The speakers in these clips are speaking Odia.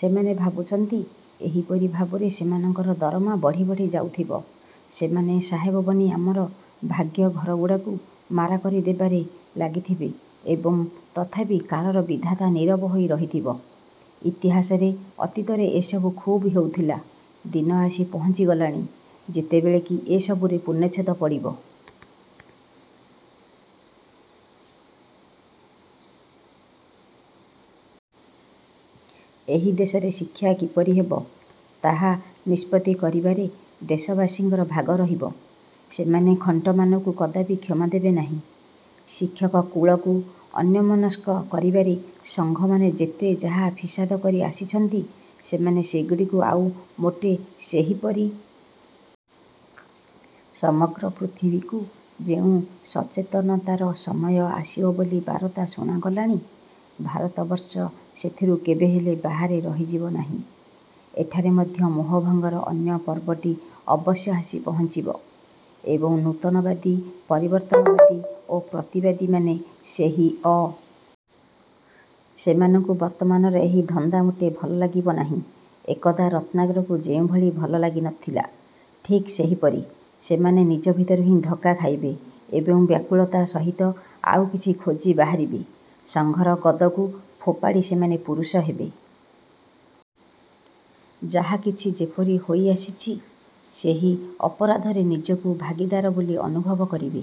ସେମାନେ ଭାବୁଛନ୍ତି, ଏହିପରି ଭାବରେ ସେମାନଙ୍କର ଦରମା ବଢ଼ି ବଢ଼ି ଯାଉଥିବ, ସେମାନେ ସାହେବ ବନି ଆମର ଭାଗ୍ୟ-ଘରଗୁଡ଼ାକୁ ମାରା କରି ଦେବାରେ ଲାଗିଥିବେ ଏବଂ ତଥାପି କାଳର ବିଧାତା ନୀରବ ହୋଇ ରହିଥିବ। ଇତିହାସରେ ଅତୀତରେ ଏସବୁ ଖୁବ୍ ହେଉଥିଲା; ଦିନ ଆସି ପହଞ୍ଚି ଗଲାଣି ଯେତେବେଳେ କି ଏ ସବୁରେ ପୂର୍ଣ୍ଣଚ୍ଛେଦ ପଡ଼ିବ। ଏହି ଦେଶରେ ଶିକ୍ଷା କିପରି ହେବ, ତାହା। ନିଷ୍ପତ୍ତି କରିବାରେ ଦେଶବାସୀଙ୍କର ଭାଗ ରହିବ। ସେମାନେ ଖଣ୍ଟମାନଙ୍କୁ କଦାପି କ୍ଷମା ଦେବେ ନାହିଁ। ଶିକ୍ଷକକୁଳକୁ ଅନ୍ୟମନସ୍କ କରିବାରେ ସଂଘମାନେ ଯେତେ ଯାହା ଫିସାଦ କରି ଆସିଛନ୍ତି, ସେମାନେ ସେଗୁଡ଼ିକୁ ଆଉ ମୋଟେ ସେହିପରି ରହିବାକୁ ଦେବେ ନାହିଁ। ସମଗ୍ର ପୃଥିବୀକୁ ଯେଉଁ ସଚେତନତାର ସମୟ ଆସିବ ବୋଲି ବାରତା ଶୁଣାଗଲାଣି, ଭାରତବର୍ଷ ସେଥିରୁ କେବେହେଲେ ବାହାରେ ରହିଯିବ ନାହିଁ। ଏଠାରେ ମଧ୍ୟ ମୋହଭଙ୍ଗର ଅନ୍ୟ ପର୍ବଟି ଅବଶ୍ୟ ଆସି ପହଞ୍ଚିଯିବ। ଏବଂ, ନୂତନବାଦୀ, ପରିବର୍ତ୍ତନବାଦୀ ଓ ପ୍ରତିବାଦୀମାନେ ସେହି ଅଧ୍ୟାପକମାନଙ୍କ ଭିତରୁ ମଧ୍ୟ ବାହାରିବେ। ସେମାନଙ୍କୁ ବର୍ତ୍ତମାନର ଏହି ଧନ୍ଦା ମୋଟେ ଭଲ ଲାଗିବ ନାହିଁ। ଏକଦା ରତ୍ନାକରକୁ ଯେଉଁଭଳି ଭଲ ଲାଗି ନଥିଲା, ଠିକ୍ ସେହିପରି। ସେମାନେ ନିଜ ଭିତରୁ ହିଁ ଧକ୍କା ଖାଇବେ ଏବଂ ବ୍ୟାକୁଳତା ସହିତ ଆଉ କିଛି ଖୋଜି ବାହାରିବେ। ସଂଘର ଗଦକୁ ଫୋପାଡ଼ି ସେମାନେ ପୁରୁଷ ହେବେ। ଯାହାକିଛି ଯେପରି ହୋଇ ଆସିଛି, ସେହି ଅପରାଧରେ ନିଜକୁ ଭାଗୀଦାର ବୋଲି ଅନୁଭବ କରିବେ।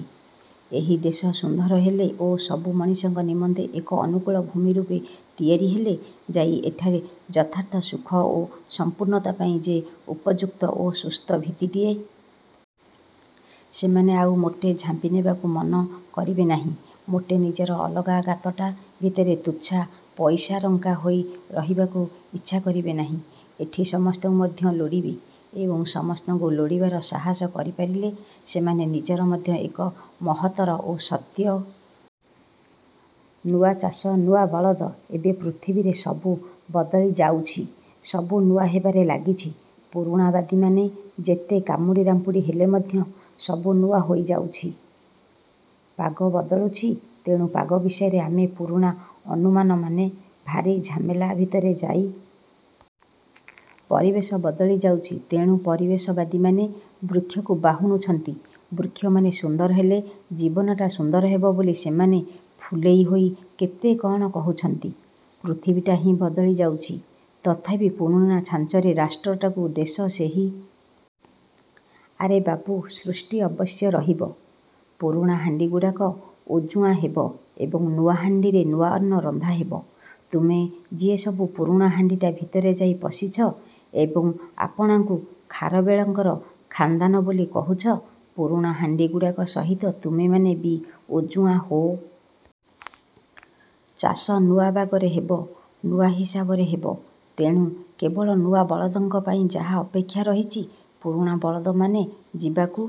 ଏହି ଦେଶ ସୁନ୍ଦର ହେଲେ ଓ ସବୁ ମଣିଷଙ୍କ ନିମନ୍ତେ ଏକ ଅନୁକୂଳ ଭୂମି ରୂପେ ତିଆରି ହେଲେ ଯାଇ ଏଠାରେ ଯଥାର୍ଥ ସୁଖ ଓ ସଂପୂର୍ଣ୍ଣତା ପାଇଁ ଯେ ଉପଯୁକ୍ତ ଓ ସୁସ୍ଥ ଭିତ୍ତିଟିଏ ତିଆରି ହୋଇ ପାରିବ, ସେମାନଙ୍କର ସେହି ହୃଦ୍ବୋଧ ହୋଇଯିବ। ସେମାନେ ଆଉ ମୋଟେ ଝାମ୍ପି ନେବାକୁ ମନ କରିବେ ନାହିଁ। ମୋଟେ ନିଜର ଅଲଗା ଗାତଟା ଭିତରେ ତୁଚ୍ଛା ପଇସାରଙ୍କା ହୋଇ ରହିବାକୁ ଇଚ୍ଛା କରିବେ ନାହିଁ। ଏଠି ସମସ୍ତଙ୍କୁ ମଧ୍ୟ ଲୋଡ଼ିବେ-। ଏବଂ, ସମସ୍ତଙ୍କୁ ଲୋଡ଼ିବାର ସାହସ କରିପାରିଲେ ସେମାନେ ନିଜର ମଧ୍ୟ ଏକ ମହତ୍ତର ଓ ସତ୍ୟତର ପରିଚୟ ପାଇବେ। ନୂଆ ଚାଷ ନୂଆ ବଳଦ ଏବେ ପୃଥିବୀରେ ସବୁ ବଦଳି ଯାଉଛି। ସବୁ ନୂଆ ହେବାରେ ଲାଗିଛି। ପୁରୁଣାବାଦୀମାନେ ଯେତେ କାମୁଡ଼ି ରାମ୍ପୁଡ଼ି ହେଲେ ମଧ୍ୟ ସବୁ ନୂଆ ହୋଇଯାଉଛି। ପାଗ ବଦଳୁଛି, ତେଣୁ ପାଗ ବିଷୟରେ ଆମ ପୁରୁଣା ଅନୁମାନମାନେ ଭାରି ଝାମେଲା ଭିତରେ ଯାଇ ପଡ଼ିଯାଉଛନ୍ତି। ପରିବେଶ ବଦଳି ଯାଉଛି, ତେଣୁ ପରିବେଶବାଦୀମାନେ ବୃକ୍ଷକୁ ବାହୁନୁଛନ୍ତି, ବୃକ୍ଷମାନେ ସୁନ୍ଦର ହେଲେ ଜୀବନଟା ସୁନ୍ଦର ହେବ ବୋଲି ସେମାନେ ଫୁଲେଇ ହୋଇ କେତେ କ'ଣ କହୁଛନ୍ତି। ପୃଥିବୀଟା ହିଁ ବଦଳି ଯାଉଛି। ତଥାପି ପୁରୁଣା ଛାଞ୍ଚରେ ରାଷ୍ଟ୍ରଟାକୁ ଦେଶ ସହିତ ସମତୁଲ କରିଦେଇ ମାଆ ଓ ବାପା ବୋଲି ଡ଼କା ପାରିଲେଣି। ଆରେ ବାବୁ, ସୃଷ୍ଟି ଅବଶ୍ୟ ରହିବ-। ପୁରୁଣା ହାଣ୍ଡିଗୁଡ଼ାକ ଉଜୁଆଁ ହେବ ଏବଂ ନୂଆ ହାଣ୍ଡିରେ ନୂଆ ଅନ୍ନ ରନ୍ଧାହେବ। ତୁମେ ଯିଏସବୁ ପୁରୁଣା ହାଣ୍ଡିଟା ଭିତରେ ଯାଇ ପଶିଛ ଏବଂ ଆପଣାକୁ ଖାରବେଳଙ୍କର ଖାନ୍ଦାନ ବୋଲି କହୁଛ, ପୁରୁଣା ହାଣ୍ଡିଗୁଡ଼ିକ ସହିତ ତୁମେମାନେ ବି ଉଜୁଆଁ ହୋଇଯିବ। ଚାଷ ନୂଆ ବାଗରେ ହେବ, ନୂଆ ହିସାବରେ ହେବ। ତେଣୁ, କେବଳ ନୂଆ ବଳଦଙ୍କ ପାଇଁ ଯାହା ଅପେକ୍ଷା ରହିଛି। ପୁରୁଣା ବଳଦମାନେ ଯିବାକୁ